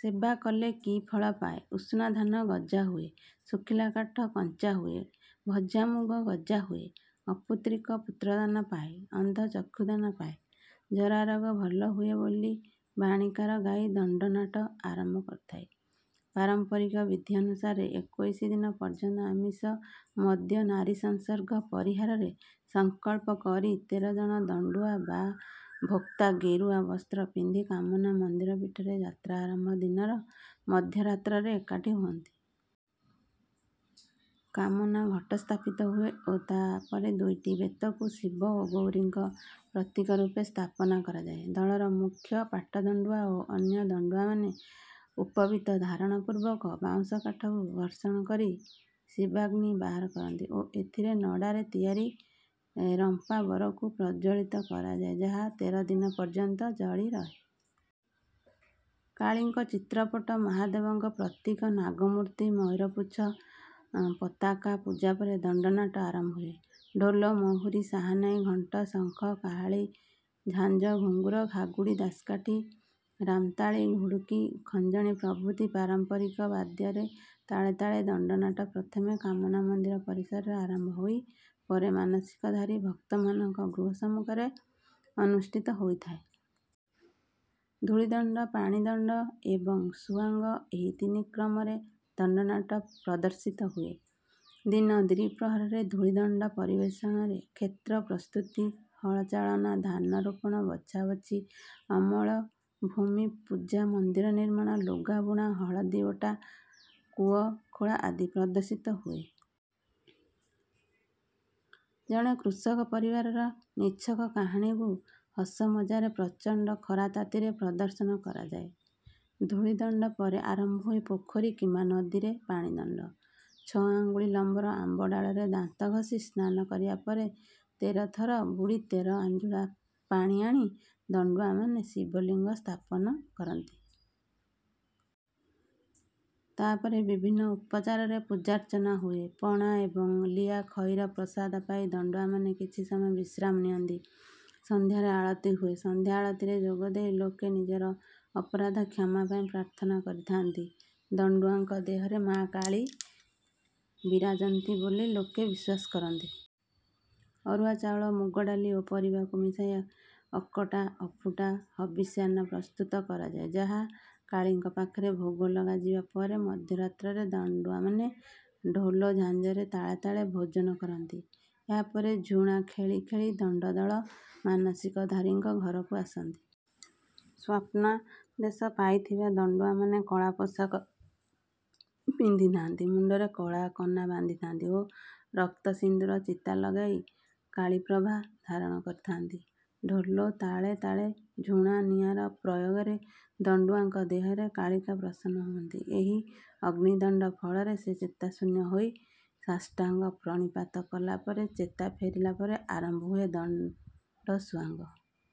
ସେବା କଲେ କି ଫଳ ପାଏ ଉଷୁନାଧାନ ଗଜା ହୁଏ ଶୁଖିଲା କାଠ କଞ୍ଚା ହୁଏ ଭଜାମୁଗ ଗଜା ହୁଏ ଅପୁତ୍ରିକ ପୁତ୍ରଦାନ ପାଏ ଅନ୍ଧ ଚକ୍ଷୁଦାନ ପାଏ ଜରାରୋଗ ଭଲ ହୁଏ ବୋଲି ବାଣୀକାର ଗାଇ ଦଣ୍ଡନାଟ ଆରମ୍ଭ କରିଥାଏ। ପାରମ୍ପରିକ ବିଧି ଅନୁସାରେ ଏକୋଇଶି ଦିନ ପର୍ଯ୍ୟନ୍ତ ଆମିଷ ମଦ୍ୟ ନାରୀସଂସର୍ଗ ପରିହାରରେ ସଂକଳ୍ପ କରି ତେର ଜଣ ଦଣ୍ଡୁଆ ବା ଭୋକ୍ତା ଗେରୁଆ ବସ୍ତ୍ର ପିନ୍ଧି କାମନା ମନ୍ଦିର ପୀଠରେ ଯାତ୍ରା ଆରମ୍ଭ ଦିନର ମଧ୍ୟରାତ୍ରରେ ଏକାଠି ହୁଅନ୍ତି। କାମନା ଘଟ ସ୍ଥାପିତ ହୁଏ ଓ ତା ପରେ ଦୁଇଟି ବେତକୁ ଶିବ ଓ ଗୌରୀଙ୍କ ପ୍ରତୀକ ରୂପେ ସ୍ଥାପନ କରାଯାଏ। ଦଳର ମୁଖ୍ୟ ପାଟ ଦଣ୍ଡୁଆ ଓ ଅନ୍ୟ ଦଣ୍ଡୁଆମାନେ ଉପବୀତ ଧାରଣ ପୂର୍ବକ ବାଉଁଶକାଠକୁ ଘର୍ଷଣ କରି ଶିବାଗ୍ନି ବାହାର କରନ୍ତି ଓ ଏଥିରେ ନଡ଼ାରେ ତିଆରି ରମ୍ପାବରକୁ ପ୍ରଜ୍ୱଳିତ କରାଯାଏ ଯାହା ତେର ଦିନ ପର୍ଯ୍ୟନ୍ତ ଜଳି ରହେ। କାଳୀଙ୍କ ଚିତ୍ରପଟ ମହାଦେବଙ୍କ ପ୍ରତୀକ ନାଗ ମୂର୍ତ୍ତି ମୟୂରପୁଚ୍ଛ ପତାକା ପୂଜା ପରେ ଦଣ୍ଡନାଟ ଆରମ୍ଭ ହୁଏ। ଢୋଲ ମହୁରୀ ସାହାନାଇ ଘଣ୍ଟ ଶଙ୍ଖ କାହାଳୀ ଝାଞ୍ଜ ଘୁଙ୍ଗୁର ଘାଗୁଡ଼ି ଦାସକାଠି ରାମତାଳି ଘୁଡୁକୀ ଖଞ୍ଜଣୀ ପ୍ରଭୃତି ପାରମ୍ପରିକ ବାଦ୍ୟର ତାଳେ ତାଳେ ଦଣ୍ଡନାଟ ପ୍ରଥମେ କାମନା ମନ୍ଦିର ପରିସରରେ ଆରମ୍ଭ ହୋଇ ପରେ ମାନସିକଧାରୀ ଭକ୍ତମାନଙ୍କ ଗୃହ ସମ୍ମୁଖରେ ଅନୁଷ୍ଠିତ ହୋଇଥାଏ। ଧୂଳିଦଣ୍ଡ ପାଣିଦଣ୍ଡ ଏବଂ ସୁଆଙ୍ଗ ଏହି ତିନି କ୍ରମରେ ଦଣ୍ଡନାଟ ପ୍ରଦର୍ଶିତ ହୁଏ। ଦିନ ଦ୍ୱିପ୍ରହରରେ ଧୂଳିଦଣ୍ଡ ପରିବେଷଣରେ କ୍ଷେତ୍ର ପ୍ରସ୍ତୁତି ହଳ ଚାଳନା ଧାନ ରୋପଣ ବଛାବଛି ଅମଳ ଭୂମି ପୂଜା ମନ୍ଦିର ନିର୍ମାଣ ଲୁଗା ବୁଣା ହଳଦୀ ବଟା କୂଅ ଖୋଳା ଆଦି ପ୍ରଦର୍ଶିତ ହୁଏ। ଜଣେ କୃଷକ ପରିବାରର ନିଛକ କାହାଣୀକୁ ହସମଜାରେ ପ୍ରଚଣ୍ଡ ଖରାତାତିରେ ପ୍ରଦର୍ଶନ କରାଯାଏ। ଧୂଳିଦଣ୍ଡ ପରେ ଆରମ୍ଭ ହୁଏ ପୋଖରୀ କିମ୍ବା ନଦୀରେ ପାଣିଦଣ୍ଡ। ଛଅ ଆଙ୍ଗୁଳି ଲମ୍ବର ଆମ୍ବ ଡାଳରେ ଦାନ୍ତ ଘସି ସ୍ନାନ କରିବା ପରେ ତେର ଥର ବୁଡ଼ି ତେର ଆଞ୍ଜୁଳା ପାଣି ଆଣି ଦଣ୍ଡୁଆମାନେ ଶିବଲିଙ୍ଗ ସ୍ଥାପନା କରନ୍ତି। ତା ପରେ ବିଭିନ୍ନ ଉପଚାରରେ ପୂଜାର୍ଚ୍ଚନା ହୁଏ। ପଣା ଏବଂ ଲିଆଖଇର ପ୍ରସାଦ ପାଇ ଦଣ୍ଡୁଆମାନେ କିଛି ସମୟ ବିଶ୍ରାମ ନିଅନ୍ତି। ସନ୍ଧ୍ୟାରେ ଆଳତୀ ହୁଏ। ସନ୍ଧ୍ୟା ଆଳତୀରେ ଯୋଗଦେଇ ଲୋକେ ନିଜର ଅପରାଧ କ୍ଷମା ପାଇଁ ପ୍ରାର୍ଥନା କରିଥାନ୍ତି। ଦଣ୍ଡୁଆଙ୍କ ଦେହରେ ମାଆ କାଳୀ ବିରାଜନ୍ତି ବୋଲି ଲୋକେ ବିଶ୍ୱାସ କରନ୍ତି। ଅରୁଆ ଚାଉଳ ମୁଗ ଡାଲି ଓ ପରିବାକୁ ମିଶାଇ ଅକଟା ଅଫୁଟା ହବିଷ୍ୟାନ୍ନ ପ୍ରସ୍ତୁତ କରାଯାଏ ଯାହା କାଳୀଙ୍କ ପାଖରେ ଭୋଗ ଲଗାଯିବା ପରେ ମଧ୍ୟରାତ୍ରରେ ଦଣ୍ଡୁଆମାନେ ଢୋଲ ଝାଞ୍ଜରେ ତାଳେ ତାଳେ ଭୋଜନ କରନ୍ତି। ଏହା ପରେ ଝୁଣା ଖେଳି ଖେଳି ଦଣ୍ଡଦଳ ମାନସିକଧାରୀଙ୍କ ଘରକୁ ଆସନ୍ତି। ସ୍ୱପ୍ନାଦେଶ ପାଇଥିବା ଦଣ୍ଡୁଆମାନେ କଳା ପୋଷାକ ପିନ୍ଧିଥାନ୍ତି ମୁଣ୍ଡରେ କଳା କନା ବାନ୍ଧିଥାନ୍ତି ଓ ରକ୍ତ ସିନ୍ଦୁର ଚିତା ଲଗାଇ କାଳୀପ୍ରଭା ଧାରଣ କରିଥାନ୍ତି। ଢୋଲ ତାଳେ ତାଳେ ଝୁଣା ନିଆଁର ପ୍ରୟୋଗରେ ଦଣ୍ଡୁଆଙ୍କ ଦେହରେ କାଳିକା ପ୍ରସନ୍ନ ହୁଅନ୍ତି। ଏହି ଅଗ୍ନିଦଣ୍ଡ ଫଳରେ ସେ ଚେତାଶୂନ୍ୟ ହୋଇ ସାଷ୍ଟାଙ୍ଗ ପ୍ରଣିପାତ କଲା ପରେ ଚେତା ଫେରିଲା ପରେ ଆରମ୍ଭ ହୁଏ ଦଣ୍ଡସୁଆଙ୍ଗ।